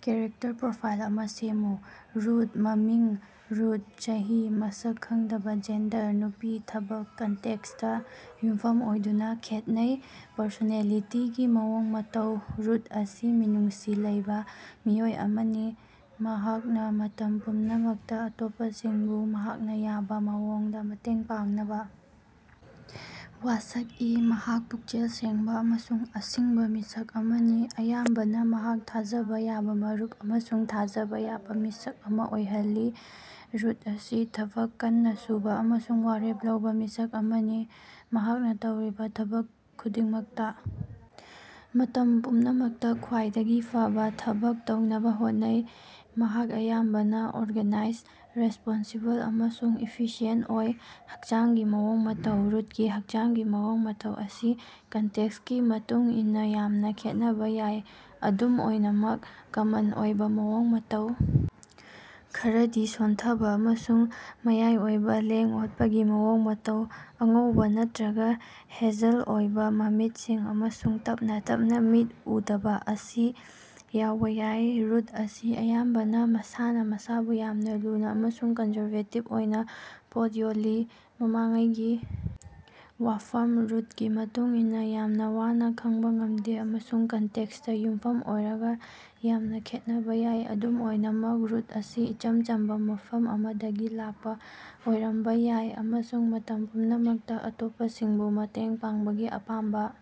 Character profile ꯑꯃ ꯁꯦꯝꯃꯨ꯫ Root. ꯃꯃꯤꯡ: ꯔꯨꯠ, ꯆꯍꯤ: ꯃꯁꯛ ꯈꯪꯗꯕꯥ, ꯖꯦꯟꯗꯔ: ꯅꯨꯄꯤ ,ꯊꯕꯛ: ꯀꯟꯇꯦꯛꯁꯇꯥ ꯌꯨꯝꯐꯝ ꯑꯣꯏꯗꯨꯅꯥ ꯈꯦꯠꯅꯩ ꯄꯔꯁꯣꯅꯦꯂꯤꯇꯤꯒꯤ ꯃꯑꯣꯡ-ꯃꯇꯧ: ꯔꯨꯠ ꯑꯁꯤ ꯃꯤꯅꯨꯡꯁꯤ ꯂꯩꯕꯥ ꯃꯤꯑꯣꯏ ꯑꯃꯅꯤ꯫ ꯃꯍꯥꯛꯅꯥ ꯃꯇꯝ ꯄꯨꯝꯅꯃꯛꯇꯥ ꯑꯇꯣꯞꯄꯁꯤꯡꯕꯨ ꯃꯍꯥꯛꯅ ꯌꯥꯕꯥ ꯃꯑꯣꯡꯗꯥ ꯃꯇꯦꯡ ꯄꯥꯡꯅꯕꯥ ꯋꯥꯁꯛꯏ꯫ ꯃꯍꯥꯛ ꯄꯨꯛꯆꯦꯜ ꯁꯦꯡꯕꯥ ꯑꯃꯁꯨꯡ ꯑꯁꯤꯡꯕꯥ ꯃꯤꯁꯛ ꯑꯃꯅꯤ, ꯑꯌꯥꯝꯕꯅꯥ ꯃꯍꯥꯛ ꯊꯥꯖꯕꯥ ꯌꯥꯕꯥ ꯃꯔꯨꯞ ꯑꯃꯁꯨꯡ ꯊꯥꯖꯕꯥ ꯌꯥꯕꯥ ꯃꯤꯁꯛ ꯑꯃ ꯑꯣꯏꯍꯜꯂꯤ꯫ ꯔꯨꯠ ꯑꯁꯤ ꯊꯕꯛ ꯀꯟꯅꯥ ꯁꯨꯕꯥ ꯑꯃꯁꯨꯡ ꯋꯥꯔꯦꯞ ꯂꯧꯕꯥ ꯃꯤꯁꯛ ꯑꯃꯅꯤ, ꯃꯍꯥꯛꯅ ꯇꯧꯔꯤꯕꯥ ꯊꯕꯛ ꯈꯨꯗꯤꯡꯃꯛꯇꯥ ꯃꯇꯝ ꯄꯨꯝꯅꯃꯛꯇꯥ ꯈ꯭ꯋꯥꯏꯗꯒꯤ ꯐꯕꯥ ꯊꯕꯛ ꯇꯧꯅꯕꯥ ꯍꯣꯠꯅꯩ꯫ ꯃꯍꯥꯛ ꯑꯌꯥꯝꯕꯅꯥ ꯑꯣꯔꯒꯥꯅꯥꯏꯖ, ꯔꯦꯁꯄꯣꯟꯁꯤꯕꯜ ꯑꯃꯁꯨꯡ ꯏꯐꯤꯁꯤꯑꯦꯟ ꯑꯣꯏ꯫ ꯍꯛꯆꯥꯡꯒꯤ ꯃꯑꯣꯡ ꯃꯇꯧ: ꯔꯨꯠꯀꯤ ꯍꯛꯆꯥꯡꯒꯤ ꯃꯑꯣꯡ ꯃꯇꯧ ꯑꯁꯤ ꯀꯟꯇꯦꯛꯁꯀꯤ ꯃꯇꯨꯡ ꯏꯟꯅꯥ ꯌꯥꯝꯅꯥ ꯈꯦꯠꯅꯕꯥ ꯌꯥꯏ꯫ ꯑꯗꯨꯝ ꯑꯣꯏꯅꯃꯛ, ꯀꯃꯟ ꯑꯣꯏꯕꯥ ꯃꯑꯣꯡ-ꯃꯇꯧ ꯈꯔꯗꯤ ꯁꯣꯟꯊꯕꯥ ꯑꯃꯁꯨꯡ ꯃꯌꯥꯏ ꯑꯣꯏꯕꯥ ꯂꯦꯡ-ꯑꯣꯠꯄꯒꯤ ꯃꯑꯣꯡ-ꯃꯇꯧ, ꯑꯉꯧꯕꯥ ꯅꯠꯇ꯭ꯔꯒꯥ ꯍꯦꯖꯜ ꯑꯣꯏꯕꯥ ꯃꯃꯤꯠꯁꯤꯡ ꯑꯃꯁꯨꯡ ꯇꯞꯅꯥ ꯇꯞꯅꯥ ꯃꯤꯠ ꯎꯗꯕꯥ ꯑꯁꯤ ꯌꯥꯎꯕ ꯌꯥꯏ꯫ ꯔꯨꯠ ꯑꯁꯤ ꯑꯌꯥꯝꯕꯅꯥ ꯃꯁꯥꯅꯥ ꯃꯁꯥꯕꯨ ꯌꯥꯝꯅ ꯂꯨꯅꯥ ꯑꯃꯁꯨꯡ ꯀꯟꯖꯔꯕꯦꯇꯤꯕ ꯑꯣꯏꯅ ꯄꯣꯠ ꯌꯣꯜꯂꯤ꯫ ꯃꯃꯥꯡꯉꯩꯒꯤ ꯋꯥꯐꯝ: ꯔꯨꯠꯀꯤ ꯃꯇꯨꯡ ꯏꯟꯅꯥ ꯌꯥꯝꯅꯥ ꯋꯥꯅꯥ ꯈꯪꯕꯥ ꯉꯝꯗꯦ ꯑꯃꯁꯨꯡ ꯀꯟꯇꯦꯛꯁꯇꯥ ꯌꯨꯝꯐꯝ ꯑꯣꯏꯔꯒꯥ ꯌꯥꯝꯅꯥ ꯈꯦꯠꯅꯕꯥ ꯌꯥꯏ꯫ ꯑꯗꯨꯝ ꯑꯣꯏꯅꯃꯛ, ꯔꯨꯠ ꯑꯁꯤ ꯏꯆꯝ ꯆꯝꯕꯥ ꯃꯐꯝ ꯑꯃꯗꯒꯤ ꯂꯥꯛꯄꯥ ꯑꯣꯏꯔꯝꯕꯥ ꯌꯥꯏ ꯑꯃꯁꯨꯡ ꯃꯇꯝ ꯄꯨꯝꯅꯃꯛꯇꯥ ꯑꯇꯣꯞꯄꯁꯤꯡꯕꯨ ꯃꯇꯦꯡ ꯄꯥꯡꯕꯒꯤ ꯑꯄꯥꯝꯕꯥ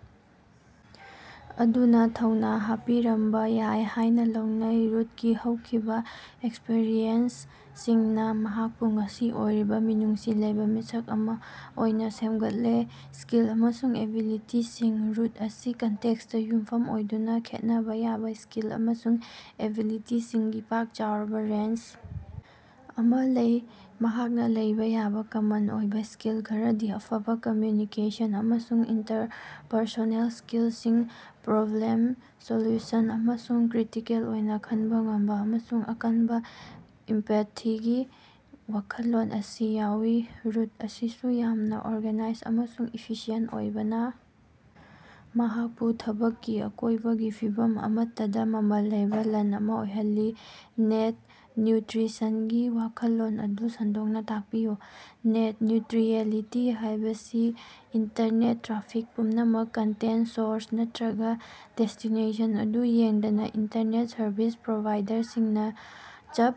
ꯑꯗꯨꯅꯥ ꯊꯧꯅꯥ ꯍꯥꯞꯄꯤꯔꯝꯕꯥ ꯌꯥꯏ ꯍꯥꯏꯅ ꯂꯧꯅꯩ꯫ ꯔꯨꯠꯀꯤ ꯍꯧꯈꯤꯕꯥ ꯑꯦꯛꯁꯄꯔꯤꯌꯦꯟꯁꯁꯤꯡꯅꯥ ꯃꯍꯥꯛꯄꯨ ꯉꯁꯤ ꯑꯣꯏꯔꯤꯕꯥ ꯃꯤꯅꯨꯡꯁꯤ ꯂꯩꯕꯥ ꯃꯤꯁꯛ ꯑꯃ ꯑꯣꯏꯅꯥ ꯁꯦꯝꯒꯠꯂꯦ꯫ ꯁ꯭ꯀꯤꯜ ꯑꯃꯁꯨꯡ ꯑꯦꯕꯤꯂꯤꯇꯤꯁꯤꯡ: ꯔꯨꯠ ꯑꯁꯤ ꯀꯟꯇꯦꯛꯁꯇꯥ ꯌꯨꯝꯐꯝ ꯑꯣꯏꯗꯨꯅꯥ ꯈꯦꯠꯅꯕꯥ ꯌꯥꯕ ꯁ꯭ꯀꯤꯜ ꯑꯃꯁꯨꯡ ꯑꯦꯕꯤꯂꯤꯇꯤꯁꯤꯡꯒꯤ ꯄꯥꯛ-ꯆꯥꯎꯔꯕꯥ ꯔꯦꯟꯖ ꯑꯃ ꯂꯩ꯫ ꯃꯍꯥꯛꯅꯥ ꯂꯩꯕꯥ ꯌꯥꯕꯥ ꯀꯃꯟ ꯑꯣꯏꯕ ꯁ꯭ꯀꯤꯜ ꯈꯔꯗꯤ ꯑꯐꯕꯥ ꯀꯝꯃ꯭ꯌꯨꯅꯤꯀꯦꯁꯟ ꯑꯃꯁꯨꯡ ꯏꯟꯇꯔꯄꯔꯁꯣꯅꯦꯜ ꯁ꯭ꯀꯤꯜꯁꯤꯡ, ꯄ꯭ꯔꯣꯕ꯭ꯂꯦꯝ-ꯁꯣꯜꯌꯨꯁꯟ ꯑꯃꯁꯨꯡ ꯀ꯭ꯔꯤꯇꯤꯀꯦꯜ ꯑꯣꯏꯅ ꯈꯟꯕꯥ ꯉꯝꯕꯥ, ꯑꯃꯁꯨꯡ ꯑꯀꯟꯕꯥ ꯏꯝꯄꯥꯊꯤꯒꯤ ꯋꯥꯈꯜꯂꯣꯟ ꯑꯁꯤ ꯌꯥꯎꯏ꯫ ꯔꯨꯠ ꯑꯁꯤꯁꯨ ꯌꯥꯝꯅꯥ ꯑꯣꯔꯒꯅꯥꯏꯖ ꯑꯃꯁꯨꯡ ꯏꯐꯤꯁꯤꯌꯦꯟ ꯑꯣꯏꯕꯅꯥ ꯃꯍꯥꯛꯄꯨ ꯊꯕꯛꯀꯤ ꯑꯀꯣꯏꯕꯒꯤ ꯐꯤꯚꯝ ꯑꯃꯠꯇꯗꯥ ꯃꯃꯜ ꯂꯩꯕꯥ ꯂꯟ ꯑꯃ ꯑꯣꯏꯍꯜꯂꯤ꯫ ꯅꯦꯠ ꯅ꯭ꯌꯨꯇ꯭ꯔꯤꯁꯟꯒꯤ ꯋꯥꯈꯜꯂꯣꯟ ꯑꯗꯨ ꯁꯟꯗꯣꯛꯅꯥ ꯇꯥꯛꯄꯤꯌꯨ꯫ ꯅꯦꯠ ꯅ꯭ꯌꯨꯇ꯭ꯔꯤꯑꯦꯂꯤꯇꯤ ꯍꯥꯏꯕꯁꯤ ꯏꯟꯇꯔꯅꯦꯠ ꯇ꯭ꯔꯥꯐꯤꯛ ꯄꯨꯝꯅꯃꯛ ꯀꯟꯇꯦꯟ, ꯁꯣꯔꯁ, ꯅꯠꯇ꯭ꯔꯒꯥ ꯗꯦꯁꯇꯤꯅꯦꯁꯟ ꯑꯗꯨ ꯌꯦꯡꯗꯅꯥ ꯏꯟꯇꯔꯅꯦꯠ ꯁꯔꯚꯤꯁ ꯄ꯭ꯔꯣꯚꯥꯏꯗꯔꯁꯤꯡ ꯅꯥ ꯆꯞ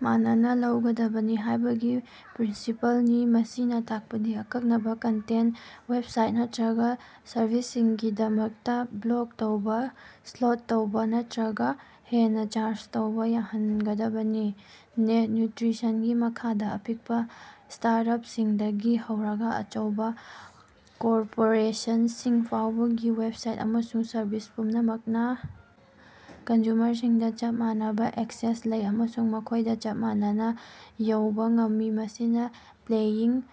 ꯃꯥꯟꯅꯅꯥ ꯂꯧꯒꯗꯕꯅꯤ ꯍꯥꯏꯕꯒꯤ ꯄ꯭ꯔꯤꯟꯁꯤꯄꯜꯅꯤ꯫ ꯃꯁꯤꯅꯥ ꯇꯥꯛꯄꯗꯤ ꯑꯀꯛꯅꯕꯥ ꯀꯟꯇꯦꯟ, ꯋꯦꯕꯁꯥꯏꯠ ꯅꯠꯇ꯭ꯔꯒꯥ ꯁꯔꯚꯤꯁꯁꯤꯡꯒꯤꯗꯃꯛꯇꯥ ꯕ꯭ꯂꯣꯛ ꯇꯧꯕꯥ, ꯁ꯭ꯂꯣꯗ ꯇꯧꯕꯥ ꯅꯠꯇ꯭ꯔꯒꯥ ꯍꯦꯟꯅꯥ ꯆꯥꯔꯖ ꯇꯧꯕꯥ ꯌꯥꯍꯟꯒꯗꯕꯅꯤ꯫ ꯅꯦꯠ ꯅ꯭ꯌꯨꯇ꯭ꯔꯤꯁꯟꯒꯤ ꯃꯈꯥꯗꯥ, ꯑꯄꯤꯛꯄꯥ ꯁ꯭ꯇꯥꯔꯠꯑꯞꯁꯤꯡꯗꯒꯤ ꯍꯧꯔꯒꯥ ꯑꯆꯧꯕꯥ ꯀꯣꯔꯄꯣꯔꯦꯁꯟꯁꯤꯡ ꯐꯥꯎꯕꯒꯤ ꯋꯦꯕꯁꯥꯏꯠ ꯑꯃꯁꯨꯡ ꯁꯔꯚꯤꯁ ꯄꯨꯝꯅꯃꯛꯅꯥ ꯀꯟꯖꯨꯃꯔꯁꯤꯡꯗꯥ ꯆꯞ ꯃꯥꯟꯅꯕꯥ ꯑꯦꯛꯁꯦꯁ ꯂꯩ ꯑꯃꯁꯨꯡ ꯃꯈꯣꯏꯗꯥ ꯆꯞ ꯃꯥꯟꯅꯅꯥ ꯌꯧꯕꯥ ꯉꯝꯃꯤ꯫ ꯃꯁꯤꯅꯥ ꯄ꯭ꯂꯦꯌꯤꯡ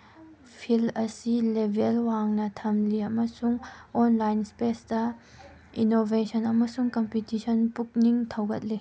ꯐꯤꯜꯑꯁꯤ ꯂꯦꯚꯦꯜ ꯋꯥꯡꯅꯥ ꯊꯝꯂꯤ ꯑꯃꯁꯨꯡ ꯑꯣꯟꯂꯥꯏꯟ ꯁ꯭ꯄꯦꯁꯇꯥ ꯏꯅꯣꯕꯦꯁꯟ ꯑꯃꯁꯨꯡ ꯀꯝꯄꯤꯇꯤꯁꯟ ꯄꯨꯛꯅꯤꯡ ꯊꯧꯒꯠꯂꯤ꯫